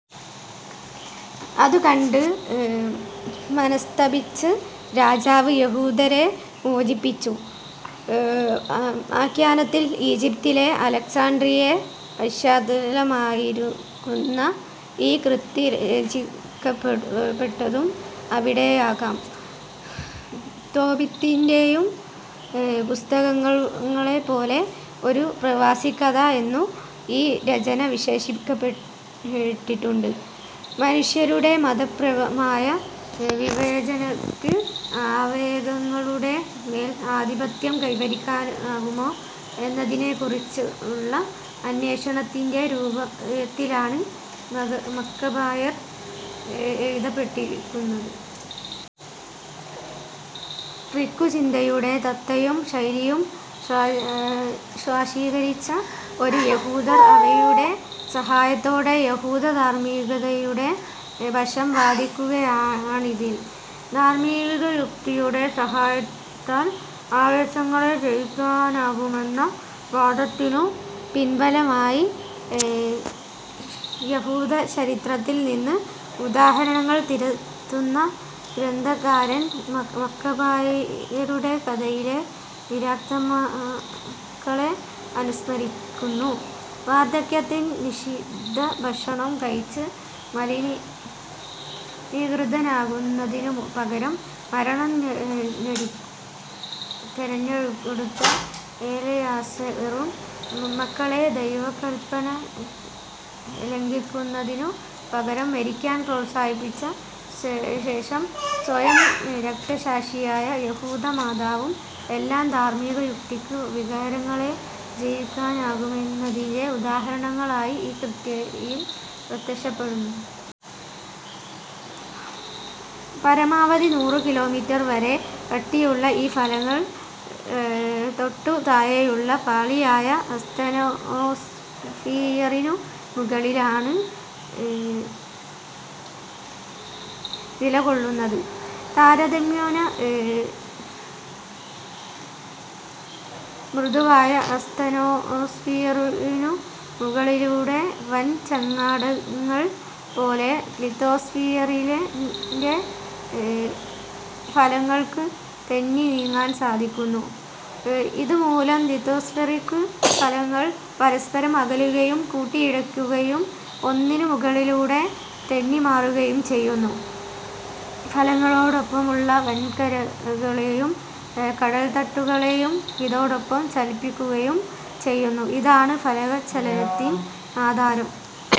അതു കണ്ട് മനസ്തപിച്ച് രാജാവ് യഹൂദരെ മോചിപ്പിച്ചു. ആഖ്യാനത്തിൽ ഈജിപ്തിലെ അലക്സാണ്ട്രിയ പശ്ചാത്തലമായിരിക്കുന്ന ഈ കൃതി രചിക്കപ്പെട്ടതും അവിടെയാകാം. തോബിത്തിന്റേയും പുസ്തകങ്ങളെപ്പോലെ ഒരു പ്രവാസിക്കഥ എന്നു ഈ രചന വിശേഷിപ്പിക്കപ്പെട്ടിട്ടുണ്ട്. മനുഷ്യരുടെ മതപ്രമായ വിവേചനയ്ക്ക് ആവേഗങ്ങളുടെ മേൽ ആധിപത്യം കൈവരിക്കാനാകുമോ എന്നതിനെക്കുറിച്ചുള്ള അന്വേഷണത്തിന്റെ രൂപത്തിലാണ് മക്കബായർ എഴുതപ്പെട്ടിരിക്കുന്നത്. ഗ്രിക്കു ചിന്തയുടെ തത്തയും ശൈലിയും സ്വാംശീകരിച്ച ഒരു യഹൂദർ അവയുടെ സഹായത്തോടെ യഹൂദധാർമ്മികതയുടെ പക്ഷം വാദിക്കുകയാണിതിൽ. ധാർമ്മികയുക്തിയുടെ സഹായത്താൽ ആവേശങ്ങളെ ജയിക്കാനാകുമെന്ന വാദത്തിനു പിൻബലമായി യഹൂദചരിത്രത്തിൽ നിന്ന് ഉദാഹരണങ്ങൾ തിരത്തുന്ന ഗ്രന്ഥകാരൻ മക്കബായരുടെ കഥയിലെ വിരത്മാക്കളെ അനുസ്മരിക്കുന്നു. വാർദ്ധക്യത്തിൽ നിഷിദ്ധഭക്ഷണം കഴിച്ച് മലിനീകൃതനാകുന്നതിനു പകരം മരണം തെരഞ്ഞെടുത്ത എലെയാസറും, മക്കളെ ദൈവകല്പന ലംഘിക്കുന്നതിനു പകരം മരിക്കാൻ പ്രോത്സാഹിപ്പിച്ച ശേഷം സ്വയം രക്തസാക്ഷിയായ യഹൂദമാതാവും എല്ലാം, ധാർമ്മികയുക്തിയ്ക്ക് വികാരങ്ങളെ ജയിക്കാനാകുമെന്നതിലെ ഉദാഹരണങ്ങളായി ഈ കൃതിയിൽ പ്രത്യക്ഷപ്പെടുന്നു. പരമാവധി നൂറു കിലോമീറ്റർ വരെ കട്ടിയുള്ള ഈ ഫലങ്ങൾ തൊട്ടു താഴെയുള്ള പാളിയായ അസ്തെനോസ്ഫിയറിനു മുകളിലാണ് നിലകൊള്ളുന്നത്. താരതമ്യേന മൃദുവായ അസ്തെനോസ്ഫിയറിനു മുകളിലൂടെ വൻ ചങ്ങാടങ്ങൾ പോലെ ലിത്തോസ്ഫിയറിന്റെ ഫലങ്ങൾക്ക് തെന്നി നീങ്ങാൻ സാധിക്കുന്നു. ഇതു മൂലം ലിത്തോസ്ഫെറിക് ഫലങ്ങൾ പരസ്പരം അകലുകയും കൂട്ടിയിടിക്കുകയും ഒന്നിനു മുകളിലൂടെ തെന്നിമാറുകയും ചെയ്യുന്നു. ഫലങ്ങളോടൊപ്പമുള്ള വൻകരകളേയും, കടൽത്തട്ടുകളേയും ഇതോടൊപ്പം ചലിപ്പിക്കുകയും ചെയ്യുന്നു. ഇതാണ് ഫലകചലനത്തിന് ആധാരം.